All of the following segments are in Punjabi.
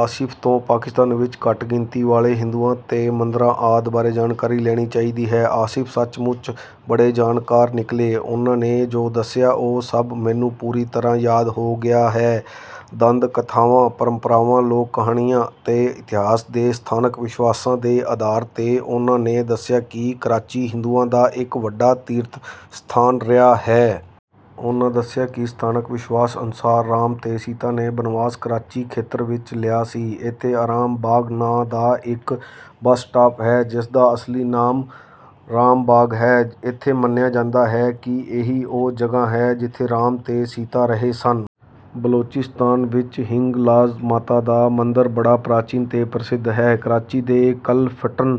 ਆਸਿਫ ਤੋਂ ਪਾਕਿਸਤਾਨ ਵਿੱਚ ਘੱਟ-ਗਿਣਤੀ ਵਾਲੇ ਹਿੰਦੂਆਂ ਤੇ ਮੰਦਰਾਂ ਆਦਿ ਬਾਰੇ ਜਾਣਕਾਰੀ ਲੈਣੀ ਚਾਹੀਦੀ ਹੈ। ਆਸਿਫ ਸੱਚਮੁੱਚ ਬੜੇ ਜਾਣਕਾਰ ਨਿਕਲੇ। ਉਹਨਾਂ ਨੇ ਜੋ ਦੱਸਿਆ, ਉਹ ਸਭ ਮੈਨੂੰ ਪੂਰੀ ਤਰ੍ਹਾਂ ਯਾਦ ਹੋ ਗਿਆ ਹੈ—ਦੰਦ-ਕਥਾਵਾਂ, ਪਰੰਪਰਾਵਾਂ, ਲੋਕ-ਕਹਾਣੀਆਂ ਤੇ ਇਤਿਹਾਸ ਦੇ ਸਥਾਨਕ ਵਿਸ਼ਵਾਸਾਂ ਦੇ ਆਧਾਰ 'ਤੇ ਉਹਨਾਂ ਨੇ ਦੱਸਿਆ ਕਿ ਕਰਾਚੀ ਹਿੰਦੂਆਂ ਦਾ ਇੱਕ ਵੱਡਾ ਤੀਰਥ-ਸਥਾਨ ਰਿਹਾ ਹੈ। ਉਹਨਾਂ ਦੱਸਿਆ ਕਿ ਸਥਾਨਕ ਵਿਸ਼ਵਾਸ ਅਨੁਸਾਰ ਰਾਮ ਤੇ ਸੀਤਾ ਨੇ ਬਨਵਾਸ ਕਰਾਚੀ ਖੇਤਰ ਵਿੱਚ ਲਿਆ ਸੀ। ਇੱਥੇ ਆਰਾਮ ਬਾਗ਼ ਨਾਂ ਦਾ ਇੱਕ ਬੱਸ-ਸਟਾਪ ਹੈ, ਜਿਸਦਾ ਅਸਲੀ ਨਾਂ ਰਾਮ ਬਾਗ਼ ਹੈ। ਇੱਥੇ ਮੰਨਿਆ ਜਾਂਦਾ ਹੈ ਕਿ ਇਹੀ ਉਹ ਜਗ੍ਹਾ ਹੈ, ਜਿੱਥੇ ਰਾਮ ਤੇ ਸੀਤਾ ਰਹੇ ਸਨ। ਬਿਲੋਚਿਸਤਾਨ ਵਿੱਚ ਹਿੰਗਲਾਜ ਮਾਤਾ ਦਾ ਮੰਦਰ ਬੜਾ ਪ੍ਰਾਚੀਨ ਤੇ ਪ੍ਰਸਿੱਧ ਹੈ। ਕਰਾਚੀ ਦੇ ਕਲਿਫਟਨ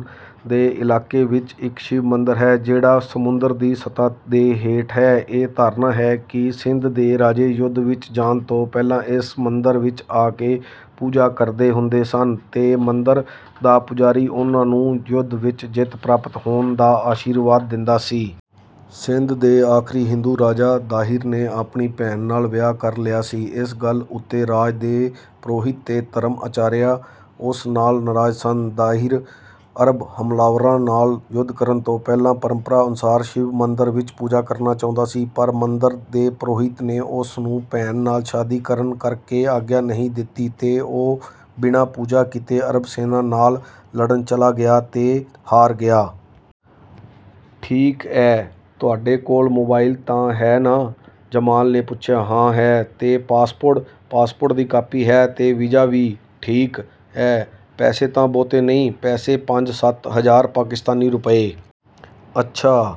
ਦੇ ਇਲਾਕੇ ਵਿੱਚ ਇੱਕ ਸ਼ਿਵ ਮੰਦਰ ਹੈ, ਜਿਹੜਾ ਸਮੁੰਦਰ ਦੀ ਸਤਹ ਦੇ ਹੇਠ ਹੈ। ਇਹ ਧਾਰਨਾ ਹੈ ਕਿ ਸਿੰਧ ਦੇ ਰਾਜੇ ਯੁੱਧ ਵਿੱਚ ਜਾਣ ਤੋਂ ਪਹਿਲਾਂ ਇਸ ਮੰਦਰ ਵਿੱਚ ਆ ਕੇ ਪੂਜਾ ਕਰਦੇ ਹੁੰਦੇ ਸਨ ਤੇ ਮੰਦਰ ਦਾ ਪੁਜਾਰੀ ਉਹਨਾਂ ਨੂੰ ਯੁੱਧ ਵਿੱਚ ਜਿੱਤ ਪ੍ਰਾਪਤ ਹੋਣ ਦਾ ਅਸ਼ੀਰਵਾਦ ਦੇਂਦਾ ਸੀ। ਸਿੰਧ ਦੇ ਆਖ਼ਰੀ ਹਿੰਦੂ ਰਾਜਾ ਦਾਹਿਰ ਨੇ ਆਪਣੀ ਭੈਣ ਨਾਲ ਵਿਆਹ ਕਰ ਲਿਆ ਸੀ। ਇਸ ਗੱਲ ਉੱਤੇ ਰਾਜ ਦੇ ਪੁਰੋਹਿਤ ਤੇ ਧਰਮ-ਆਚਾਰੀਆ ਉਸ ਨਾਲ ਨਾਰਾਜ਼ ਸਨ। ਦਾਹਿਰ, ਅਰਬ ਹਮਲਾਵਰਾਂ ਨਾਲ ਯੁੱਧ ਕਰਨ ਤੋਂ ਪਹਿਲਾਂ, ਪਰੰਪਰਾ ਅਨੁਸਾਰ ਸ਼ਿਵ ਮੰਦਰ ਵਿੱਚ ਪੂਜਾ ਕਰਨਾ ਚਾਹੁੰਦਾ ਸੀ, ਪਰ ਮੰਦਰ ਦੇ ਪੁਰੋਹਿਤ ਨੇ ਉਸਨੂੰ ਭੈਣ ਨਾਲ ਸ਼ਾਦੀ ਕਰਨ ਕਰਕੇ ਆਗਿਆ ਨਹੀਂ ਦਿੱਤੀ ਤੇ ਉਹ ਬਿਨਾਂ ਪੂਜਾ ਕੀਤੇ ਅਰਬ ਸੈਨਾ ਨਾਲ ਲੜਨ ਚਲਾ ਗਿਆ ਤੇ ਹਾਰ ਗਿਆ। "ਠੀਕ ਏ... ਤੁਹਾਡੇ ਕੋਲ ਮੋਬਾਇਲ ਤਾਂ ਹੈ ਨਾ?" ਜਮਾਲ ਨੇ ਪੁੱਛਿਆ। "ਹਾਂ, ਹੈ।" "ਤੇ ਪਾਸਪੋਰਟ?" "ਪਾਸਪੋਰਟ ਦੀ ਕਾਪੀ ਹੈ... ਤੇ ਵੀਜ਼ਾ ਵੀ...।" "ਠੀਕ ਐ... ਪੈਸੇ ਤਾਂ ਬਹੁਤੇ ਨਹੀਂ?" "ਪੈਸੇ ਪੰਜ-ਸੱਤ ਹਜ਼ਾਰ ਪਾਕਿਸਤਾਨੀ ਰੁਪਏ।" "ਅੱਛਾ...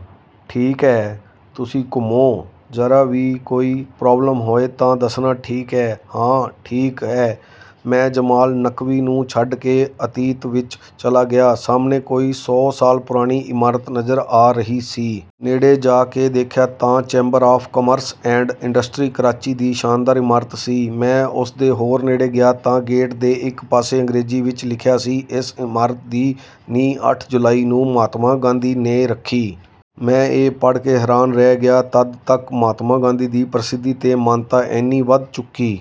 ਠੀਕ ਐ... ਤੁਸੀਂ ਘੁੰਮੋ... ਜ਼ਰਾ ਵੀ ਕੋਈ ਪ੍ਰਾਬਲਮ ਹੋਏ ਤਾਂ ਦੱਸਣਾ, ਠੀਕ ਏ।" "ਹਾਂ... ਠੀਕ ਏ।" ਮੈਂ ਜਮਾਲ ਨਕਵੀ ਨੂੰ ਛੱਡ ਕੇ ਅਤੀਤ ਵਿੱਚ ਚਲਾ ਗਿਆ। ਸਾਹਮਣੇ ਕੋਈ ਸੌ ਸਾਲ ਪੁਰਾਣੀ ਇਮਾਰਤ ਨਜ਼ਰ ਆ ਰਹੀ ਸੀ। ਨੇੜੇ ਜਾ ਕੇ ਦੇਖਿਆ ਤਾਂ chamber of commerce and industry, Karachi ਦੀ ਸ਼ਾਨਦਾਰ ਇਮਾਰਤ ਸੀ। ਮੈਂ ਉਸਦੇ ਹੋਰ ਨੇੜੇ ਗਿਆ ਤਾਂ ਗੇਟ ਦੇ ਇੱਕ ਪਾਸੇ ਅੰਗਰੇਜ਼ੀ ਵਿੱਚ ਲਿਖਿਆ ਸੀ, "ਇਸ ਇਮਾਰਤ ਦੀ ਨੀਂਹ ਅੱਠ ਜੁਲਾਈ ਨੂੰ ਮਹਾਤਮਾ ਗਾਂਧੀ ਨੇ ਰੱਖੀ।" ਮੈਂ ਇਹ ਪੜ੍ਹ ਕੇ ਹੈਰਾਨ ਰਹਿ ਗਿਆ। ਤਦ ਤੱਕ ਮਹਾਤਮਾ ਗਾਂਧੀ ਦੀ ਪ੍ਰਸਿੱਧੀ ਤੇ ਮਾਨਤਾ ਏਨੀ ਵੱਧ ਚੁੱਕੀ...